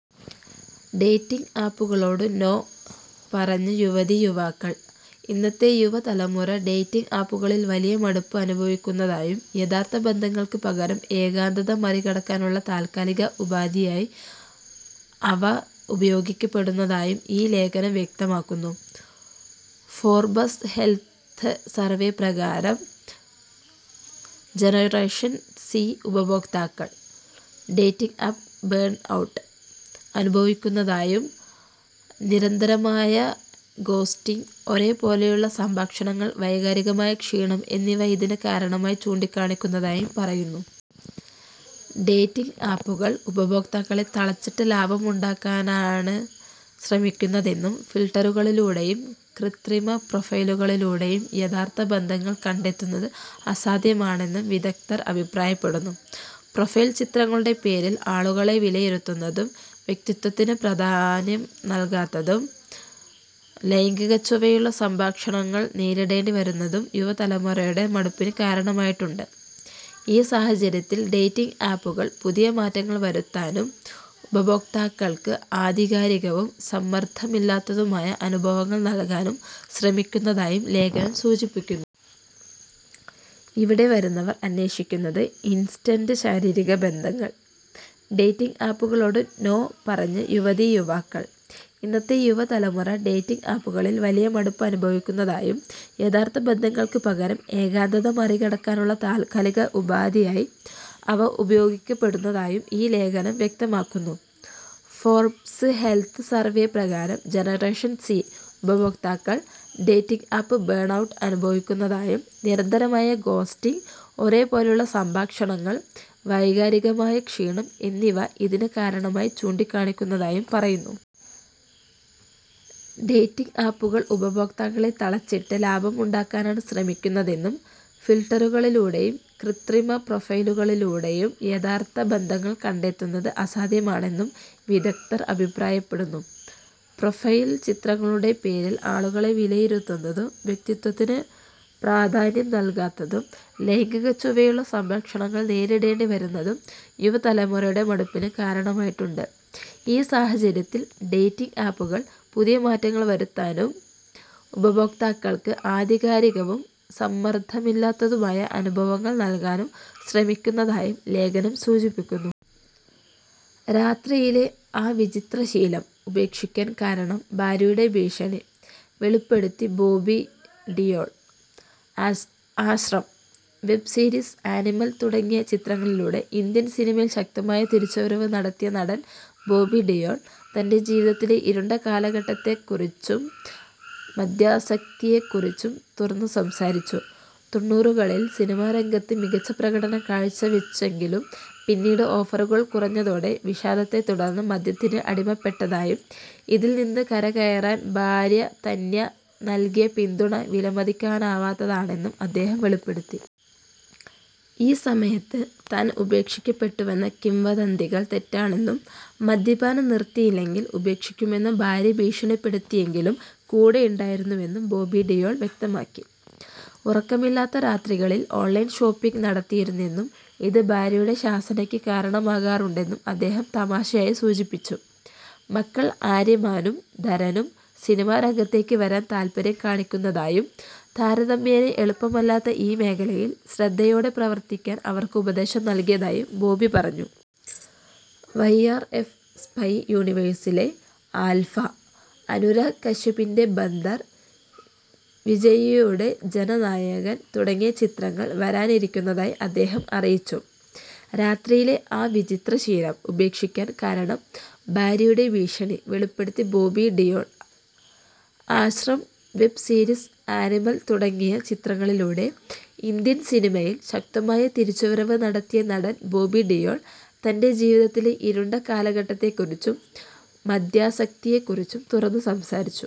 Dating ആപ്പുകളോട് 'no' പറഞ്ഞ് യുവതീ– യുവാക്കൾ ഇന്നത്തെ യുവതലമുറ ഡേറ്റിംഗ് ആപ്പുകളിൽ വലിയ മടുപ്പ് അനുഭവിക്കുന്നതായും, യഥാർത്ഥ ബന്ധങ്ങൾക്ക് പകരം ഏകാന്തത മറികടക്കാനുള്ള താൽക്കാലിക ഉപാധിയായി അവ ഉപയോഗിക്കപ്പെടുന്നതായും ഈ ലേഖനം വ്യക്തമാക്കുന്നു. ഫോർബ്സ് ഹെൽത്ത് സർവേ പ്രകാരം ജനറേഷൻ സി ഉപഭോക്താക്കൾ 'ഡേറ്റിംഗ് ആപ്പ് ബേൺഔട്ട്' അനുഭവിക്കുന്നതായും, നിരന്തരമായ ഗോസ്റ്റിംഗ്, ഒരേപോലെയുള്ള സംഭാഷണങ്ങൾ, വൈകാരികമായ ക്ഷീണം എന്നിവ ഇതിന് കാരണമായി ചൂണ്ടിക്കാണിക്കുന്നതായും പറയുന്നു. ഡേറ്റിംഗ് ആപ്പുകൾ ഉപഭോക്താക്കളെ തളച്ചിട്ട് ലാഭമുണ്ടാക്കാനാണ് ശ്രമിക്കുന്നതെന്നും, ഫിൽട്ടറുകളിലൂടെയും കൃത്രിമ പ്രൊഫൈലുകളിലൂടെയും യഥാർത്ഥ ബന്ധങ്ങൾ കണ്ടെത്തുന്നത് അസാധ്യമാണെന്നും വിദഗ്ധർ അഭിപ്രായപ്പെടുന്നു. പ്രൊഫൈൽ ചിത്രങ്ങളുടെ പേരിൽ ആളുകളെ വിലയിരുത്തുന്നതും, വ്യക്തിത്വത്തിന് പ്രാധാന്യം നൽകാത്തതും, ലൈംഗികച്ചുവയുള്ള സംഭാഷണങ്ങൾ നേരിടേണ്ടി വരുന്നതും യുവതലമുറയുടെ മടുപ്പിന് കാരണമായിട്ടുണ്ട്. ഈ സാഹചര്യത്തിൽ, ഡേറ്റിംഗ് ആപ്പുകൾ പുതിയ മാറ്റങ്ങൾ വരുത്താനും, ഉപഭോക്താക്കൾക്ക് ആധികാരികവും സമ്മർദ്ദമില്ലാത്തതുമായ അനുഭവങ്ങൾ നൽകാനും ശ്രമിക്കുന്നതായും ലേഖനം സൂചിപ്പിക്കുന്നു. ഇവിടെ വരുന്നവർ അന്വേഷിക്കുന്നത് 'ഇൻസ്റ്റന്റ് ശാരീരിക ബന്ധങ്ങൾ'! ഡേറ്റിങ് ആപ്പുകളോട് 'നോ' പറഞ്ഞ് യുവതീ– യുവാക്കൾ ഇന്നത്തെ യുവതലമുറ ഡേറ്റിംഗ് ആപ്പുകളിൽ വലിയ മടുപ്പ് അനുഭവിക്കുന്നതായും, യഥാർത്ഥ ബന്ധങ്ങൾക്ക് പകരം ഏകാന്തത മറികടക്കാനുള്ള താൽക്കാലിക ഉപാധിയായി അവ ഉപയോഗിക്കപ്പെടുന്നതായും ഈ ലേഖനം വ്യക്തമാക്കുന്നു. ഫോർബ്സ് ഹെൽത്ത് സർവേ പ്രകാരം ജനറേഷൻ സി ഉപഭോക്താക്കൾ 'ഡേറ്റിംഗ് ആപ്പ് ബേൺഔട്ട്' അനുഭവിക്കുന്നതായും, നിരന്തരമായ ഗോസ്റ്റിംഗ്, ഒരേപോലെയുള്ള സംഭാഷണങ്ങൾ, വൈകാരികമായ ക്ഷീണം എന്നിവ ഇതിന് കാരണമായി ചൂണ്ടിക്കാണിക്കുന്നതായും പറയുന്നു. ഡേറ്റിംഗ് ആപ്പുകൾ ഉപഭോക്താക്കളെ തളച്ചിട്ട് ലാഭമുണ്ടാക്കാനാണ് ശ്രമിക്കുന്നതെന്നും, ഫിൽട്ടറുകളിലൂടെയും കൃത്രിമ പ്രൊഫൈലുകളിലൂടെയും യഥാർത്ഥ ബന്ധങ്ങൾ കണ്ടെത്തുന്നത് അസാധ്യമാണെന്നും വിദഗ്ധർ അഭിപ്രായപ്പെടുന്നു. പ്രൊഫൈൽ ചിത്രങ്ങളുടെ പേരിൽ ആളുകളെ വിലയിരുത്തുന്നതും, വ്യക്തിത്വത്തിന് പ്രാധാന്യം നൽകാത്തതും, ലൈംഗികച്ചുവയുള്ള സംഭാഷണങ്ങൾ നേരിടേണ്ടി വരുന്നതും യുവതലമുറയുടെ മടുപ്പിന് കാരണമായിട്ടുണ്ട്. ഈ സാഹചര്യത്തിൽ, ഡേറ്റിംഗ് ആപ്പുകൾ പുതിയ മാറ്റങ്ങൾ വരുത്താനും, ഉപഭോക്താക്കൾക്ക് ആധികാരികവും സമ്മർദ്ദമില്ലാത്തതുമായ അനുഭവങ്ങൾ നൽകാനും ശ്രമിക്കുന്നതായും ലേഖനം സൂചിപ്പിക്കുന്നു. രാത്രിയിലെ ആ 'വിചിത്ര ശീലം', ഉപേക്ഷിക്കാൻ കാരണം ഭാര്യയുടെ ഭീഷണി: വെളിപ്പെടുത്തി Bobby Deol 'Aashram' web series, 'Animal' തുടങ്ങിയ ചിത്രങ്ങളിലൂടെ ഇന്ത്യൻ സിനിമയിൽ ശക്തമായ തിരിച്ചുവരവ് നടത്തിയ നടൻ ബോബി ഡിയോൾ, തന്റെ ജീവിതത്തിലെ ഇരുണ്ട കാലഘട്ടത്തെക്കുറിച്ചും മദ്യാസക്തിയെക്കുറിച്ചും തുറന്നു സംസാരിച്ചു. തൊണ്ണൂറുകളിൽ സിനിമാ രംഗത്ത് മികച്ച പ്രകടനം കാഴ്ചവെച്ചെങ്കിലും പിന്നീട് ഓഫറുകൾ കുറഞ്ഞതോടെ വിഷാദത്തെത്തുടർന്ന് മദ്യത്തിന് അടിമപ്പെട്ടതായും, ഇതിൽ നിന്ന് കരകയറാൻ ഭാര്യ തന്യ നൽകിയ പിന്തുണ വിലമതിക്കാനാവാത്തതാണെന്നും അദ്ദേഹം വെളിപ്പെടുത്തി. ഈ സമയത്ത് താൻ ഉപേക്ഷിക്കപ്പെട്ടുവെന്ന കിംവദന്തികൾ തെറ്റാണെന്നും, മദ്യപാനം നിർത്തിയില്ലെങ്കിൽ ഉപേക്ഷിക്കുമെന്ന് ഭാര്യ ഭീഷണിപ്പെടുത്തിയെങ്കിലും കൂടെയുണ്ടായിരുന്നെന്നും ബോബി ഡിയോൾ വ്യക്തമാക്കി. ഉറക്കമില്ലാത്ത രാത്രികളിൽ ഓൺലൈൻ ഷോപ്പിംഗ് നടത്തിയിരുന്നെന്നും, ഇത് ഭാര്യയുടെ ശാസനയ്ക്ക് കാരണമാകാറുണ്ടെന്നും അദ്ദേഹം തമാശയായി സൂചിപ്പിച്ചു. മക്കൾ ആര്യമാനും ധരനും സിനിമാ രംഗത്തേക്ക് വരാൻ താൽപ്പര്യം കാണിക്കുന്നതായും, താരതമ്യേന എളുപ്പമല്ലാത്ത ഈ മേഖലയിൽ ശ്രദ്ധയോടെ പ്രവർത്തിക്കാൻ അവർക്ക് ഉപദേശം നൽകിയതായും ബോബി പറഞ്ഞു. വൈആർഎഫ് സ്പൈ യൂണിവേഴ്സിലെ 'ആൽഫ', അനുരാഗ് കശ്യപിന്റെ 'ബന്ദർ', വിജയ്യുടെ 'ജന നായകൻ' തുടങ്ങിയ ചിത്രങ്ങൾ വരാനിരിക്കുന്നതായി അദ്ദേഹം അറിയിച്ചു. രാത്രിയിലെ ആ 'വിചിത്ര ശീലം', ഉപേക്ഷിക്കാൻ കാരണം ഭാര്യയുടെ ഭീഷണി: വെളിപ്പെടുത്തി Bobby Deol 'Aashram' web series, 'Animal' തുടങ്ങിയ ചിത്രങ്ങളിലൂടെ ഇന്ത്യൻ സിനിമയിൽ ശക്തമായ തിരിച്ചുവരവ് നടത്തിയ നടൻ ബോബി ഡിയോൾ, തന്റെ ജീവിതത്തിലെ ഇരുണ്ട കാലഘട്ടത്തെക്കുറിച്ചും മദ്യാസക്തിയെക്കുറിച്ചും തുറന്നു സംസാരിച്ചു.